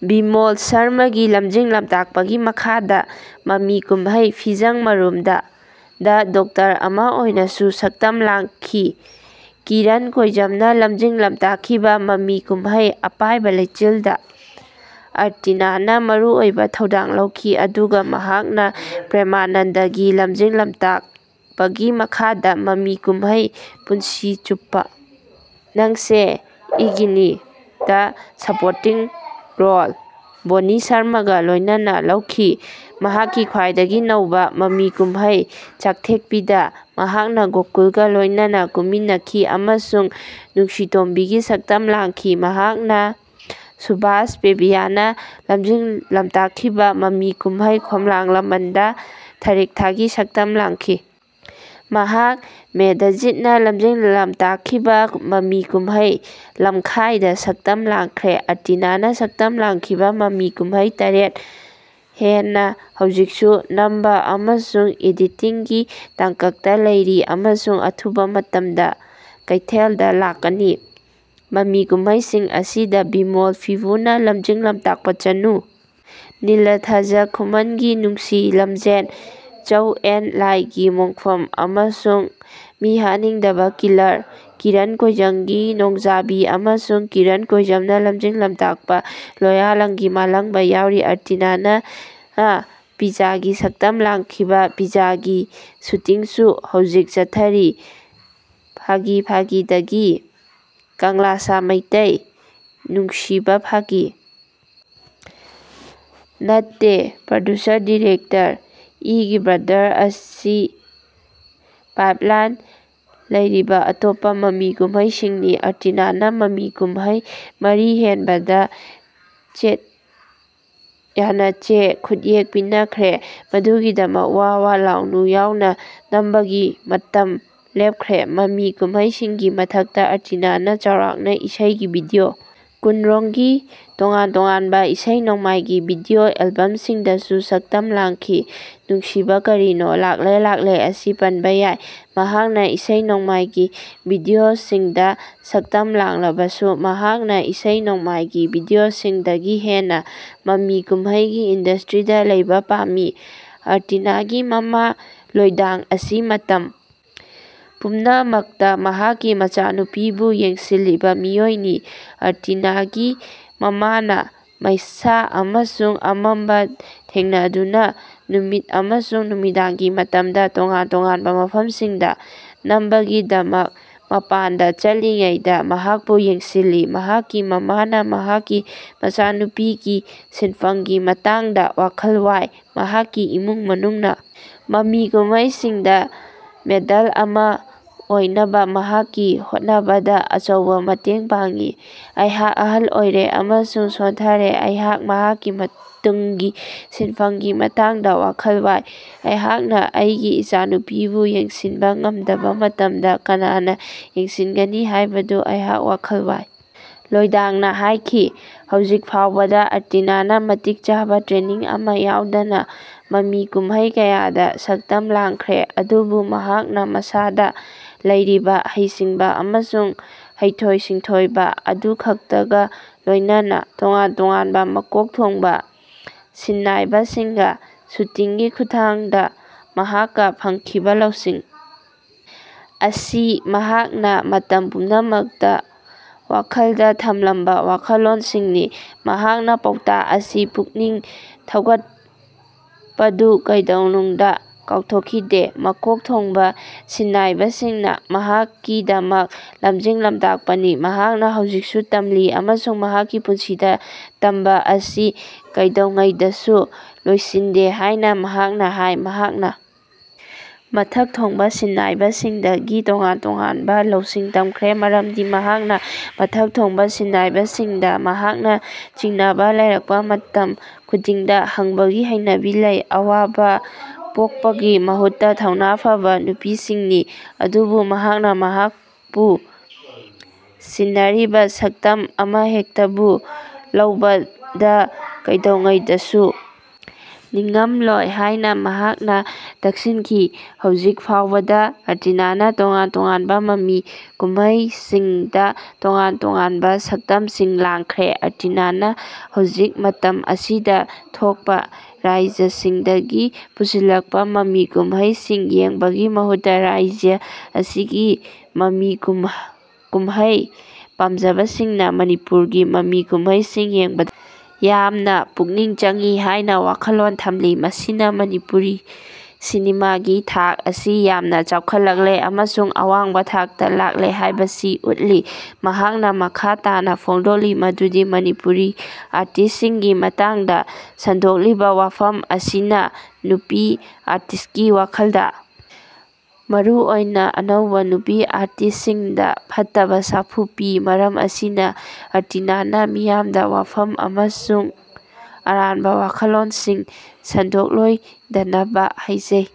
ꯕꯤꯃꯣꯜ ꯁꯔꯃꯥꯒꯤ ꯂꯝꯖꯤꯡ-ꯂꯝꯇꯥꯛꯄꯒꯤ ꯃꯈꯥꯗ ꯃꯃꯤ ꯀꯨꯝꯍꯩ "ꯐꯤꯖꯥꯡ ꯃꯔꯨꯝꯗꯥ"ꯗ ꯗꯣꯛꯇꯔ ꯑꯃ ꯑꯣꯏꯅꯁꯨ ꯁꯛꯇꯝ ꯂꯥꯡꯈꯤ꯫ ꯀꯤꯔꯟ ꯀꯣꯏꯖꯝꯅ ꯂꯝꯖꯤꯡ-ꯂꯝꯇꯥꯛꯈꯤꯕ ꯃꯃꯤ ꯀꯨꯝꯍꯩ "ꯑꯄꯥꯏꯕꯥ ꯂꯦꯆꯤꯜ"ꯗ ꯑꯥꯔꯇꯤꯅꯥꯅ ꯃꯔꯨꯑꯣꯏꯕ ꯊꯧꯗꯥꯡ ꯂꯧꯈꯤ ꯑꯗꯨꯒ ꯃꯍꯥꯛꯅ ꯄ꯭ꯔꯦꯃꯅꯟꯗꯒꯤ ꯂꯝꯖꯤꯡ-ꯂꯝꯇꯥꯛꯄꯒꯤ ꯃꯈꯥꯗ ꯃꯃꯤ ꯀꯨꯝꯍꯩ "ꯄꯨꯟꯁꯤ ꯆꯨꯞꯄꯥ ꯅꯪꯁꯦ ꯏꯒꯤꯅꯤ"ꯗ ꯁꯄꯣꯔꯇꯤꯡ ꯔꯣꯜ (ꯕꯣꯟꯅꯤ ꯁꯔꯃꯥꯒ ꯂꯣꯏꯅꯅ) ꯂꯧꯈꯤ꯫ ꯃꯍꯥꯛꯀꯤ ꯈ꯭ꯋꯥꯏꯗꯒꯤ ꯅꯧꯕ ꯃꯃꯤ ꯀꯨꯝꯍꯩ "ꯆꯛꯊꯦꯛꯄꯤ"ꯗ ꯃꯍꯥꯛꯅ ꯒꯣꯀꯨꯜꯒ ꯂꯣꯏꯅꯅ ꯀꯨꯝꯃꯤꯟꯅꯈꯤ ꯑꯃꯁꯨꯡ ꯅꯨꯡꯁꯤꯇꯣꯝꯕꯤꯒꯤ ꯁꯛꯇꯝ ꯂꯥꯡꯈꯤ꯫ ꯃꯍꯥꯛꯅ ꯁꯨꯚꯥꯁ ꯄꯦꯕꯤꯌꯥꯅ ꯂꯝꯖꯤꯡ-ꯂꯝꯇꯥꯛꯈꯤꯕ ꯃꯃꯤ ꯀꯨꯝꯍꯩ "ꯈꯣꯝꯂꯥꯡ ꯂꯃꯟ"ꯗ ꯊꯥꯔꯤꯛꯊꯥꯒꯤ ꯁꯛꯇꯝ ꯂꯥꯡꯈꯤ꯫ ꯃꯍꯥꯛ ꯃꯦꯙꯥꯖꯤꯠꯅ ꯂꯝꯖꯤꯡ-ꯂꯝꯇꯥꯛꯈꯤꯕ ꯃꯃꯤ ꯀꯨꯝꯍꯩ "ꯂꯝꯈꯥꯏ"ꯗ ꯁꯛꯇꯝ ꯂꯥꯡꯈ꯭ꯔꯦ꯫ ꯑꯥꯔꯇꯤꯅꯥꯅ ꯁꯛꯇꯝ ꯂꯥꯡꯈꯤꯕ ꯃꯃꯤ ꯀꯨꯝꯍꯩ ꯇꯔꯦꯠ ꯍꯦꯟꯅ ꯍꯧꯖꯤꯛꯁꯨ ꯅꯝꯕ ꯑꯃꯁꯨꯡ ꯑꯦꯗꯤꯇꯤꯡꯒꯤ ꯇꯥꯡꯀꯛꯇ ꯂꯩꯔꯤ ꯑꯃꯁꯨꯡ ꯑꯊꯨꯕ ꯃꯇꯝꯗ ꯀꯩꯊꯦꯜꯗ ꯂꯥꯛꯀꯅꯤ꯫ ꯃꯃꯤ ꯀꯨꯝꯍꯩꯁꯤꯡ ꯑꯁꯤꯗ ꯕꯤꯃꯣꯜ ꯐꯤꯕꯨꯅ ꯂꯝꯖꯤꯡ-ꯂꯝꯇꯥꯛꯄ ꯆꯅꯨ, ꯅꯤꯜꯂꯥꯙꯥꯖꯥ ꯈꯨꯃꯟꯒꯤ ꯅꯨꯡꯁꯤ ꯂꯝꯖꯦꯜ, ꯆꯧ-ꯑꯦꯟ-ꯂꯥꯏꯒꯤ ꯃꯣꯡꯐꯝ ꯑꯃꯁꯨꯡ ꯃꯤꯍꯠꯅꯤꯡꯇꯥꯕꯥ ꯀꯤꯂꯔ, ꯀꯤꯔꯟ ꯀꯣꯏꯖꯝꯒꯤ ꯅꯣꯡꯖꯥꯕꯤ ꯑꯃꯁꯨꯡ ꯀꯤꯔꯟ ꯀꯣꯏꯖꯝꯅ ꯂꯝꯖꯤꯡ-ꯂꯝꯇꯥꯛꯄ ꯂꯣꯌꯥꯂꯝꯒꯤ ꯃꯥꯂꯡꯕꯥ ꯌꯥꯎꯔꯤ꯫ ꯑꯥꯔꯇꯤꯅꯥꯅ ꯄꯤꯖꯥꯒꯤ ꯁꯛꯇꯝ ꯂꯥꯡꯈꯤꯕ ꯄꯤꯖꯥꯒꯤ ꯁꯨꯇꯤꯡꯁꯨ ꯍꯧꯖꯤꯛ ꯆꯠꯊꯔꯤ꯫ ꯐꯒꯤ ꯐꯒꯤꯗꯥꯒꯤ, ꯀꯪꯂꯥꯁꯥ ꯃꯩꯇꯩ, ꯅꯨꯡꯁꯤꯕꯥ ꯐꯒꯤ ꯅꯥꯠꯇꯦ, ꯄ꯭ꯔꯣꯗ꯭ꯌꯨꯁꯔ ꯗꯤꯔꯦꯛꯇꯔ, ꯏꯒꯤ ꯕ꯭ꯔꯗꯔ ꯑꯁꯤ ꯄꯥꯏꯞꯂꯥꯏꯟꯗ ꯂꯩꯔꯤꯕ ꯑꯇꯣꯞꯄ ꯃꯃꯤ ꯀꯨꯝꯍꯩꯁꯤꯡꯅꯤ꯫ ꯑꯥꯔꯇꯤꯅꯥꯅ ꯃꯃꯤ ꯀꯨꯝꯍꯩ ꯃꯔꯤ ꯍꯦꯟꯕꯗ ꯌꯥꯅꯆꯦ ꯈꯨꯠꯌꯦꯛ ꯄꯤꯅꯈ꯭ꯔꯦ ꯃꯗꯨꯒꯤꯗꯃꯛ "ꯋꯥ ꯋꯥ ꯂꯥꯎꯅꯨ"ꯌꯥꯎꯅ ꯅꯝꯕꯒꯤ ꯃꯇꯝ ꯂꯦꯞꯈ꯭ꯔꯦ꯫ ꯃꯃꯤ ꯀꯨꯝꯍꯩꯁꯤꯡꯒꯤ ꯃꯊꯛꯇ, ꯑꯥꯔꯇꯤꯅꯥꯅ ꯆꯥꯎꯔꯥꯛꯅ ꯏꯁꯩꯒꯤ ꯚꯤꯗꯤꯑꯣ ꯀꯨꯟꯔꯣꯝꯒꯤ ꯇꯣꯉꯥꯟ-ꯇꯣꯉꯥꯟꯕ ꯏꯁꯩ-ꯅꯣꯡꯃꯥꯏꯒꯤ ꯚꯤꯗꯤꯑꯣ ꯑꯦꯜꯕꯝꯁꯤꯡꯗꯁꯨ ꯁꯛꯇꯝ ꯂꯥꯡꯈꯤ꯫ ꯅꯨꯡꯁꯤꯕꯥ ꯀꯥꯔꯤꯅꯣ, ꯂꯛꯂꯦ ꯂꯛꯂꯦ ꯑꯁꯤ ꯄꯟꯕ ꯌꯥꯏ꯫ ꯃꯍꯥꯛꯅ ꯏꯁꯩ-ꯅꯣꯡꯃꯥꯏꯒꯤ ꯚꯤꯗꯤꯑꯣꯁꯤꯡꯗ ꯁꯛꯇꯝ ꯂꯥꯡꯂꯕꯁꯨ, ꯃꯍꯥꯛꯅ ꯏꯁꯩ-ꯅꯣꯡꯃꯥꯏꯒꯤ ꯚꯤꯗꯤꯑꯣꯁꯤꯡꯗꯒꯤ ꯍꯦꯟꯅ ꯃꯃꯤ ꯀꯨꯝꯍꯩꯒꯤ ꯏꯟꯗꯁꯇ꯭ꯔꯤꯗ ꯂꯩꯕ ꯄꯥꯝꯃꯤ꯫ ꯑꯥꯔꯇꯤꯅꯥꯒꯤ ꯃꯃꯥ ꯂꯣꯏꯗꯥꯡ ꯑꯁꯤ ꯃꯇꯝ ꯄꯨꯝꯅꯃꯛꯇ ꯃꯍꯥꯛꯀꯤ ꯃꯆꯥꯅꯨꯄꯤꯕꯨ ꯌꯦꯡꯁꯤꯜꯂꯤꯕ ꯃꯤꯑꯣꯏꯅꯤ꯫ ꯑꯥꯔꯇꯤꯅꯥꯒꯤ ꯃꯃꯥꯅ ꯃꯩꯁꯥ ꯑꯃꯁꯨꯡ ꯑꯃꯝꯕ ꯊꯦꯡꯅꯗꯨꯅ ꯅꯨꯃꯤꯠ ꯑꯃꯁꯨꯡ ꯅꯨꯃꯤꯗꯥꯡꯒꯤ ꯃꯇꯝꯗ ꯇꯣꯉꯥꯟ-ꯇꯣꯉꯥꯟꯕ ꯃꯐꯝꯁꯤꯡꯗ ꯅꯝꯕꯒꯤꯗꯃꯛ ꯃꯄꯥꯟꯗ ꯆꯠꯂꯤꯉꯩꯗ ꯃꯍꯥꯛꯄꯨ ꯌꯦꯡꯁꯤꯜꯂꯤ꯫ ꯃꯍꯥꯛꯀꯤ ꯃꯃꯥꯅ ꯃꯍꯥꯛꯀꯤ ꯃꯆꯥꯅꯨꯄꯤꯒꯤ ꯁꯤꯟꯐꯝꯒꯤ ꯃꯇꯥꯡꯗ ꯋꯥꯈꯜ ꯋꯥꯏ꯫ ꯃꯍꯥꯛꯀꯤ ꯏꯃꯨꯡ ꯃꯅꯨꯡꯅ ꯃꯃꯤ ꯀꯨꯝꯍꯩꯁꯤꯡꯗ ꯃ‌ꯦꯗꯜ ꯑꯃꯥ ꯑꯣꯏꯅꯕ ꯃꯍꯥꯛꯀꯤ ꯍꯣꯠꯅꯕꯗ ꯑꯆꯧꯕ ꯃꯇꯦꯡ ꯄꯥꯡꯉꯤ꯫"ꯑꯩꯍꯥꯛ ꯑꯍꯜ ꯑꯣꯏꯔꯦ ꯑꯃꯁꯨꯡ ꯁꯣꯟꯊꯔꯦ, ꯑꯩꯍꯥꯛ ꯃꯍꯥꯛꯀꯤ ꯇꯨꯡꯒꯤ ꯁꯤꯟꯐꯝꯒꯤ ꯃꯇꯥꯡꯗ ꯋꯥꯈꯜ ꯋꯥꯏ, ꯑꯩꯍꯥꯛꯅ ꯑꯩꯒꯤ ꯃꯆꯥꯅꯨꯄꯤꯕꯨ ꯌꯦꯡꯁꯤꯟꯕ ꯉꯝꯗꯕ ꯃꯇꯝꯗ ꯀꯅꯥꯅ ꯌꯦꯡꯁꯤꯟꯒꯅꯤ ꯍꯥꯏꯕꯗꯨ ꯑꯩꯍꯥꯛ ꯋꯥꯈꯜ ꯋꯥꯏ", ꯂꯣꯏꯗꯥꯡꯅ ꯍꯥꯏꯈꯤ꯫ ꯍꯧꯖꯤꯛ ꯐꯥꯎꯕꯗ ꯑꯥꯔꯇꯤꯅꯥꯅ ꯃꯇꯤꯛ ꯆꯥꯕ ꯇ꯭ꯔꯦꯅꯤꯡ ꯑꯃ ꯌꯥꯎꯗꯅ ꯃꯃꯤ ꯀꯨꯝꯍꯩ ꯀꯌꯥꯗ ꯁꯛꯇꯝ ꯂꯥꯡꯈ꯭ꯔꯦ ꯑꯗꯨꯕꯨ ꯃꯍꯥꯛꯅ ꯃꯁꯥꯗ ꯂꯩꯔꯤꯕ ꯍꯩꯁꯤꯡꯕ ꯑꯃꯁꯨꯡ ꯍꯩꯊꯣꯏ-ꯁꯤꯡꯊꯣꯏꯕ ꯑꯗꯨꯈꯛꯇꯒ ꯂꯣꯏꯅꯅ꯫ ꯇꯣꯉꯥꯟ-ꯇꯣꯉꯥꯟꯕ ꯃꯀꯣꯛ ꯊꯣꯡꯕ ꯁꯤꯟꯅꯥꯏꯕꯁꯤꯡꯒ ꯁꯨꯇꯤꯡꯒꯤ ꯈꯨꯠꯊꯥꯡꯗ ꯃꯍꯥꯛꯀ ꯐꯪꯈꯤꯕ ꯂꯧꯁꯤꯡ ꯑꯁꯤ ꯃꯍꯥꯛꯅ ꯃꯇꯝ ꯄꯨꯝꯅꯃꯛꯇ ꯋꯥꯈꯜꯗ ꯊꯝꯂꯝꯕ ꯋꯥꯈꯜꯂꯣꯟꯁꯤꯡꯅꯤ꯫ ꯃꯍꯥꯛꯅ ꯄꯥꯎꯇꯥꯛ ꯑꯃꯁꯨꯡ ꯄꯨꯛꯅꯤꯡ ꯊꯧꯒꯠꯄꯗꯨ ꯀꯩꯗꯧꯅꯨꯡꯗ ꯀꯥꯎꯊꯣꯛꯈꯤꯗꯦ꯫ ꯃꯀꯣꯛ ꯊꯣꯡꯕ ꯁꯤꯟꯅꯥꯏꯕꯁꯤꯡꯅ ꯃꯍꯥꯛꯀꯤꯗꯃꯛ ꯂꯝꯖꯤꯡ-ꯂꯝꯇꯥꯛꯄꯅꯤ꯫ ꯃꯍꯥꯛꯅ ꯍꯧꯖꯤꯛꯁꯨ ꯇꯝꯂꯤ ꯑꯃꯁꯨꯡ ꯃꯍꯥꯛꯀꯤ ꯄꯨꯟꯁꯤꯗ ꯇꯝꯕ ꯑꯁꯤ ꯀꯩꯗꯧꯉꯩꯗꯁꯨ ꯂꯣꯏꯁꯤꯟꯗꯦ ꯍꯥꯏꯅ ꯃꯍꯥꯛꯅ ꯍꯥꯏ꯫ ꯃꯍꯥꯛꯅ ꯃꯊꯛ ꯊꯣꯡꯕ ꯁꯤꯟꯅꯥꯏꯕꯁꯤꯡꯗꯒꯤ ꯇꯣꯉꯥꯟ-ꯇꯣꯉꯥꯟꯕ ꯂꯧꯁꯤꯡ ꯇꯝꯈ꯭ꯔꯦ ꯃꯔꯝꯗꯤ ꯃꯍꯥꯛꯅ ꯃꯊꯛ ꯊꯣꯡꯕ ꯁꯤꯟꯅꯥꯏꯕꯁꯤꯡꯗ ꯃꯍꯥꯛꯅ ꯆꯤꯡꯅꯕ ꯂꯩꯔꯛꯄ ꯃꯇꯝ ꯈꯨꯗꯤꯡꯗ ꯍꯪꯕꯒꯤ ꯍꯩꯅꯕꯤ ꯂꯩ꯫ ꯑꯋꯥꯕ ꯄꯣꯛꯄꯒꯤ ꯃꯍꯨꯠꯇ ꯊꯧꯅꯥ ꯐꯕ ꯅꯨꯄꯤꯁꯤꯡꯅꯤ꯫ ꯑꯗꯨꯕꯨ ꯃꯍꯥꯛꯅ ꯃꯍꯥꯛꯄꯨ ꯁꯤꯟꯅꯔꯤꯕ ꯁꯛꯇꯝ ꯑꯃꯍꯦꯛꯇꯕꯨ ꯂꯧꯕꯗ ꯀꯩꯗꯧꯉꯩꯗꯁꯨ ꯅꯤꯡꯉꯝꯂꯣꯏ ꯍꯥꯏꯅ ꯃꯍꯥꯛꯅ ꯇꯛꯁꯤꯟꯈꯤ꯫ ꯍꯧꯖꯤꯛ ꯐꯥꯎꯕꯗ ꯑꯥꯔꯇꯤꯅꯥꯅ ꯇꯣꯉꯥꯟ-ꯇꯣꯉꯥꯟꯕ ꯃꯃꯤ ꯀꯨꯝꯍꯩꯁꯤꯡꯗ ꯇꯣꯉꯥꯟ-ꯇꯣꯉꯥꯟꯕ ꯁꯛꯇꯝꯁꯤꯡ ꯂꯥꯡꯈ꯭ꯔꯦ꯫ ꯑꯥꯔꯇꯤꯅꯥꯅ ꯍꯧꯖꯤꯛ ꯃꯇꯝ ꯑꯁꯤꯗ ꯑꯇꯣꯞꯄ ꯔꯥꯖ꯭ꯌꯁꯤꯡꯗꯒꯤ ꯄꯨꯁꯤꯜꯂꯛꯄ ꯃꯃꯤ ꯀꯨꯝꯍꯩꯁꯤꯡ ꯌꯦꯡꯕꯒꯤ ꯃꯍꯨꯠꯇ ꯔꯥꯖ꯭ꯌ ꯑꯁꯤꯒꯤ ꯃꯃꯤ ꯀꯨꯝꯍꯩ ꯄꯥꯝꯖꯕꯁꯤꯡꯅ ꯃꯅꯤꯄꯨꯔꯒꯤ ꯃꯃꯤ ꯀꯨꯝꯍꯩꯁꯤꯡ ꯌꯦꯡꯕꯗ ꯌꯥꯝꯅ ꯄꯨꯛꯅꯤꯡ ꯆꯪꯏ ꯍꯥꯏꯅ ꯋꯥꯈꯜꯂꯣꯟ ꯊꯝꯂꯤ꯫ ꯃꯁꯤꯅ ꯃꯅꯤꯄꯨꯔꯤ ꯁꯤꯅꯦꯃꯥꯒꯤ ꯊꯥꯛ ꯑꯁꯤ ꯌꯥꯝꯅ ꯆꯥꯎꯈꯠꯂꯛꯂꯦ ꯑꯃꯁꯨꯡ ꯑꯋꯥꯡꯕ ꯊꯥꯛꯇ ꯂꯥꯛꯂꯦ ꯍꯥꯏꯕꯁꯤ ꯎꯠꯂꯤ꯫ ꯃꯍꯥꯛꯅ ꯃꯈꯥ ꯇꯥꯅ ꯐꯣꯡꯗꯣꯛꯂꯤ ꯃꯗꯨꯗꯤ ꯃꯅꯤꯄꯨꯔꯤ ꯑꯦꯛꯇꯔꯁꯤꯡꯒꯤ ꯃꯇꯥꯡꯗ ꯁꯟꯗꯣꯛꯂꯤꯕ ꯋꯥꯐꯝ ꯑꯁꯤꯅ ꯅꯨꯄꯤ ꯑꯥꯔꯇꯤꯁ꯭ꯠꯀꯤ ꯋꯥꯈꯜꯗ ꯃꯔꯨꯑꯣꯏꯅ ꯑꯅꯧꯕ ꯅꯨꯄꯤ ꯑꯥꯔꯇꯤꯁ꯭ꯠꯁꯤꯡꯗ ꯐꯠꯇꯕ ꯁꯥꯐꯨ ꯄꯤ꯫ ꯃꯔꯝ ꯑꯁꯤꯅ, ꯑꯥꯔꯇꯤꯅꯥꯅ ꯃꯤꯌꯥꯝꯗ ꯋꯥꯐꯝ ꯑꯃꯁꯨꯡ ꯑꯔꯥꯟꯕ ꯋꯥꯈꯜꯂꯣꯟꯁꯤꯡ ꯁꯟꯗꯣꯛꯂꯣꯏꯗꯅꯕ ꯍꯥꯏꯖꯩ"꯫